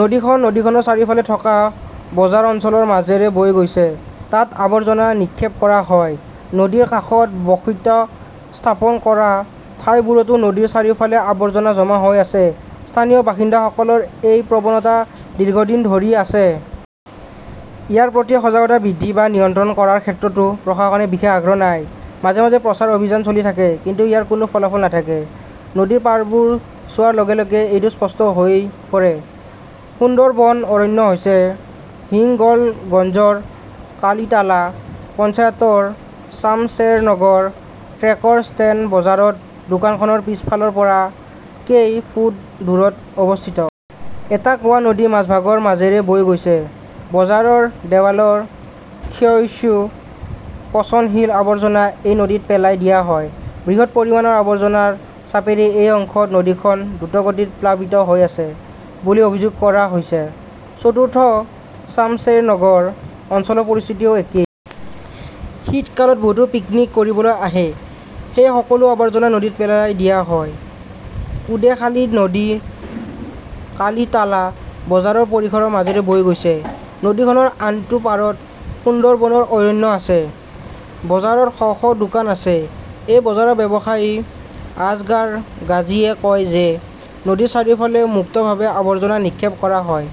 নদীখন নদীখনৰ চাৰিওফালে থকা বজাৰ অঞ্চলৰ মাজেৰে বৈ গৈছে। তাত আৱৰ্জনা নিক্ষেপ কৰা হয়। নদীৰ কাষত বসতি স্থাপন কৰা ঠাইবোৰতো নদীৰ চাৰিওফালে আৱৰ্জনা জমা হৈ আছে। স্থানীয় বাসিন্দাসকলৰ এই প্ৰৱণতা দীৰ্ঘদিন ধৰি আছে। ইয়াৰ প্ৰতি সজাগতা বৃদ্ধি বা নিয়ন্ত্ৰণ কৰাৰ ক্ষেত্ৰতো প্ৰশাসনৰ বিশেষ আগ্ৰহ নাই। মাজে মাজে প্ৰচাৰ অভিযান চলি থাকে, কিন্তু ইয়াৰ কোনো ফলাফল নাথাকে, নদীৰ পাৰবোৰ চোৱাৰ লগে লগে এইটো স্পষ্ট হৈ পৰে। সুন্দৰবন অৰণ্য হৈছে হিংগলগঞ্জৰ কালিটালা পঞ্চায়তৰ চামচেৰনগৰ ট্ৰেকাৰ ষ্টেণ্ড বজাৰত দোকানখনৰ পিছফালৰ পৰা কেই ফুট দূৰত অৱস্থিত। এটা কুঁৱা নদী মাজভাগৰ মাজেৰে বৈ গৈছে। বজাৰৰ দেৱালৰ ক্ষয়িষ্ণু, পচনশীল আৱৰ্জনা এই নদীত পেলাই দিয়া হয়। বৃহৎ পৰিমাণৰ আৱৰ্জনাৰ চাপেৰে এই অংশত নদীখন দ্ৰুতগতিত প্লাবিত হৈ আছে বুলি অভিযোগ কৰা হৈছে। চতুৰ্থ চামচেৰনগৰ অঞ্চলৰ পৰিস্থিতিও একেই। শীতকালত বহুতে পিকনিক কৰিবলৈ আহে। সেই সকলো আৱৰ্জনা নদীত পেলাই দিয়া হয়। কুঁডেখালী নদী কালিটালা বজাৰ পৰিসৰৰ মাজেৰে বৈ গৈছে। নদীখনৰ আনটো পাৰত সুন্দৰবনৰ অৰণ্য আছে। বজাৰত শ শ দোকান আছে। এই বজাৰৰ ব্যৱসায়ী আজগাৰ গাজীয়ে কয় যে নদীৰ চাৰিওফালে মুক্তভাৱে আবৰ্জনা নিক্ষেপ কৰা হয়।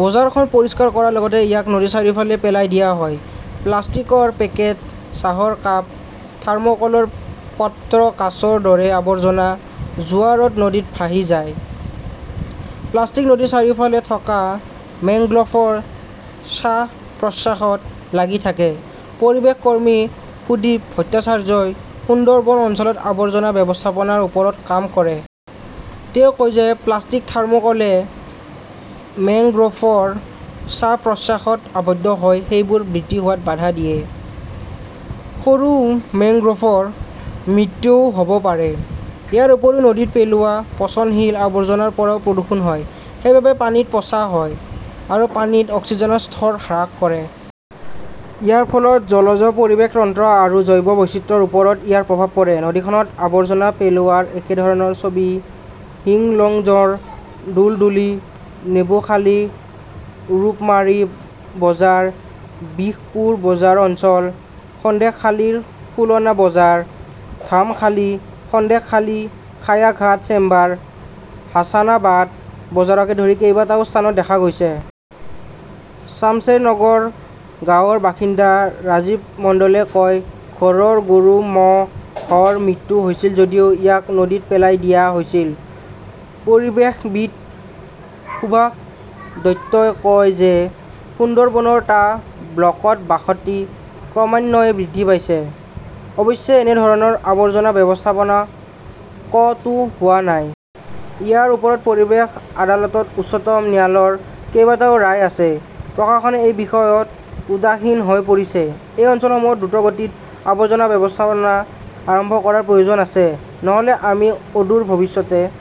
বজাৰখন পৰিষ্কাৰ কৰাৰ লগতে ইয়াক নদীৰ চাৰিওফালে পেলাই দিয়া হয়। প্লাষ্টিকৰ পেকেট, চাহৰ কাপ, থৰ্মোকলৰ পাত্ৰ-কাঁচৰ দৰে আৱৰ্জনা জোৱাৰত নদীত ভাহি যায়। প্লাষ্টিক নদীৰ চাৰিওফালে থকা মেংগ্ৰোভৰ শ্বাস-প্ৰশ্বাসত লাগি থাকে। পৰিৱেশ কৰ্মী সুদীপ ভট্টাচাৰ্যই সুন্দৰবন অঞ্চলত আৱৰ্জনা ব্যৱস্থাপনাৰ ওপৰত কাম কৰে। তেওঁ কয় যে প্লাষ্টিক, থাৰ্মোকোলে মেংগ্ৰোভৰ শ্বাস-প্ৰশ্বাসত আবদ্ধ হৈ সেইবোৰ বৃদ্ধি হোৱাত বাধা দিয়ে। সৰু মেংগ্ৰোভৰ মৃত্যুও হ "ব পাৰে। ইয়াৰ উপৰিও, নদীত পেলোৱা পচনশীল আৱৰ্জনাৰ পৰাও প্ৰদূষণ হয়। সেইবোৰ পানীত পচা হয় আৰু পানীত অক্সিজেনৰ স্তৰ হ্ৰাস কৰে। ইয়াৰ ফলত জলজ পৰিৱেশ তন্ত্ৰ আৰু জৈৱ বৈচিত্ৰ্যৰ ওপৰত ইয়াৰ প্ৰভাৱ পৰে। নদীখনত আৱৰ্জনা পেলোৱাৰ একেধৰণৰ ছবি হিংলগঞ্জৰ দুলদুলি, নেবুখালী, ৰূপমাৰী বজাৰ, বিশপুৰ বজাৰ অঞ্চল, সন্দেশখালীৰ খুলনা বজাৰ, ধামখালী, সন্দেশখালী খায়াঘাট চেম্বাৰ, হাছানাবাদ বজাৰকে ধৰি কেইবাটাও স্থানত দেখা গৈছিল। চামচেৰনগৰ গাঁৱৰ বাসিন্দা ৰাজীৱ মণ্ডলে কয়, "ঘৰৰ গৰু-ম" হৰ মৃত্যু হৈছিল যদিও ইয়াক নদীত পেলাই দিয়া হৈছিল। "পৰিৱেশবিদ সুভাষ দত্তই কয় যে সুন্দৰবনৰ টা ব্লকত বসতি ক্ৰমান্বয়ে বৃদ্ধি পাইছে। অৱশ্যে, এনে ধৰণৰ আৱৰ্জনা ব্যৱস্থাপনা ক "তো হোৱা নাই। ইয়াৰ ওপৰত পৰিৱেশ আদালত, উচ্চতম ন্যায়ালয়ৰ কেইবাটাও ৰায় আছে। প্ৰশাসনে এই বিষয়ত উদাসীন হৈ পৰিছে। "এই অঞ্চলসমূহত দ্ৰুতগতিত আৱৰ্জনা ব্যৱস্থাপনা আৰম্ভ কৰাৰ প্ৰয়োজন আছে। নহ "লে আমি অদূৰ ভৱিষ্যতে